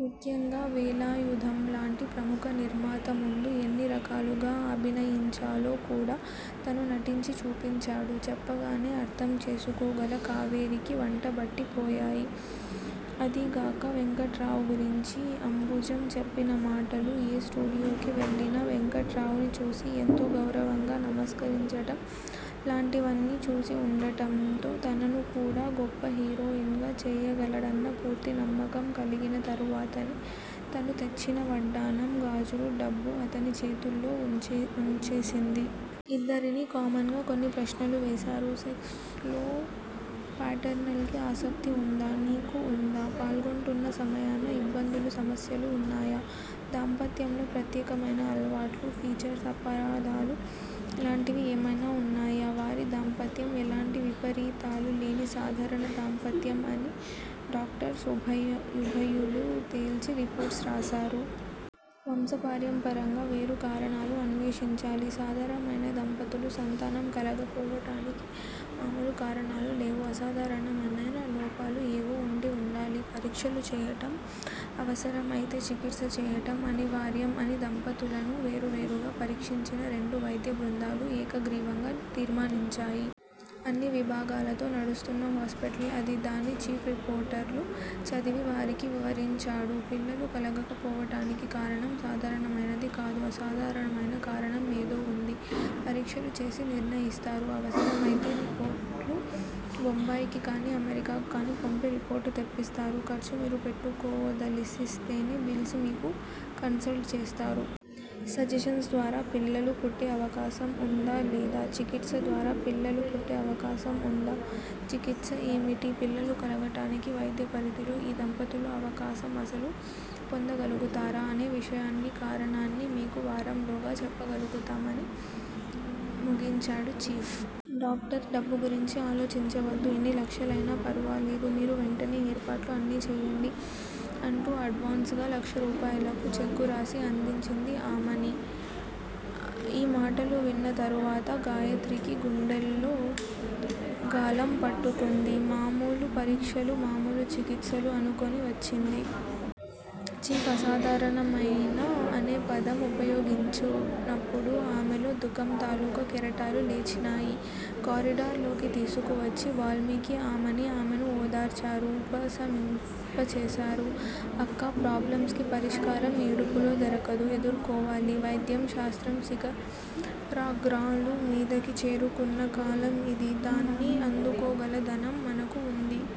ముఖ్యంగా వేలాయుధంలాంటి ప్రముఖ నిర్మాత ముందు ఎన్ని రకాలుగా అభినయించాలో కూడా తను నటించి చూపించాడు. చెప్పగానే అర్ధం చేసుకోగల కావేరీకి వంటబట్టిపోయాయి. అదీగాక వెంకట్రావుగురించి అంబుజం చెప్పినమాటలు, ఏ స్టూడియోకి వెళ్ళినా వెంకట్రావునిచూసి ఎంతో గౌరవంగా నమస్కరించటం లాంటివన్నీ చూసివుండటంతో తననుకూడా గొప్ప హీరోయిన్ గా చేయగలడన్న పూర్తి నమ్మకం కలిగిన తరువాతనే తను తెచ్చినవడ్డాణం, గాజులు డబ్బూ అతనిచేతుల్లో వుంచేసింది. ఇద్దరిని కామన్ గా కొన్ని ప్రశ్నలు వేశారు. సెక్స్ లో పార్టనర్ కి ఆసక్తి ఉందా? నీకు ఉందా? పాల్గొంటున్న సమయాన ఇబ్బందులు సమస్యలు ఉన్నాయా? దాంపత్యంలో ప్రత్యేకమయిన అలవాట్లు, ఫీచర్స్, అపార్ధాలు లాంటివి ఏమయినా ఉన్నాయా? వారి దాంపత్యం ఎలాంటి విపరీతాలు లేని సాధారణ దాంపత్యం అని డాక్టర్స్ ఉభయులూ తేల్చి రిపోర్ట్సు రాశారు. వంశపారంపర్యంగా వేరు కారణాలను అన్వేషించాలి. సాధారణమయిన దంపతులు, సంతానం కలగపోవటానికి మాములు కారణాలు లేవు. అసాధారణ మయిన లోపాలు ఏవో వుండి ఉండాలి! పరీక్షలు చేయటం, అవసరమయితే చికిత్స చేయడం అనివార్యం అని దంపతులను వేరు వేరుగా పరీక్షించిన రెండు వైద్య బృందాలు ఏకగ్రీవంగా తీర్మానించాయి. అన్ని విభాగాలతో నడుస్తున్న హాస్పిటల్ అది. దాని చీఫ్ రిపోర్టులు చదివి వారికి వివరించాడు. పిల్లలు కలగకపోవటానికి కారణం సాధారణమయినది కాదు. అసాధారణమయిన కారణం ఏదో వుంది. పరీక్షలు చేసి నిర్ణయిస్తారు. అవసరమయితే రిపోర్టులు బొంబాయికాని అమెరికా కాని పంపి రిపోర్టు తెప్పిస్తారు. ఖర్చు మీరు పెట్టుకోదలిస్తేనే బిల్స్ మీద కన్సల్ట్ చేస్తారు. సజెషన్స్ ద్వారా పిల్లలు పుట్టే అవకాశం వుందా? లేదా? చికిత్స ద్వారా పిల్లలు పుట్టే అవకాశం వుందా? చికిత్స ఏమిటి? పిల్లలు కలగటానికి వైద్య పరిధిలో ఈ దంపతులు అవకాశం అసలు పొందగలుగుతారా? అనే విషయాన్నీ కారణాన్ని మీకు వారంలోగా చెప్పగలుగుతాం అని ముగించాడు చీఫ్. డాక్టర్! డబ్బు గురించి ఆలోచించవద్దు! ఎన్ని లక్షలయినా ఫరవాలేదు. మీరు వెంటనే ఏర్పాట్లు అన్నీ చేయండి! అంటూ అడ్వాన్స్ గా లక్షరూపాయలకు చెక్కురాసి అందించింది ఆమని! ఈ మాటలు విన్న తరువాత గాయత్రికి గుండెల్లో గాలం పట్టుకుంది. మామూలు పరీక్షలు మామూలు చికిత్సలు అనుకుని వచ్చింది. చీఫ్ అసాధారణమయిన అనే పదం ఉపయోగించినప్పుడే ఆమెలో దుఃఖం తాలూకు కెరటాలు లేచినాయి. కారిడార్ లోకి తీసుకువచ్చి వాల్మీకి ఆమని ఆమెను ఓదార్చారు. ఉపశమింపచేశారు. అక్కా! ప్రాబ్లంస్ కి పరిష్కారం ఏడుపులో దొరకదు. ఎదుర్కోవాలి! వైద్య శాస్త్రం శిఖరాగ్రాల మీదికి చేరుకున్న కాలం ఇది! దాన్ని అందుకోగల ధనం మనకు వుంది.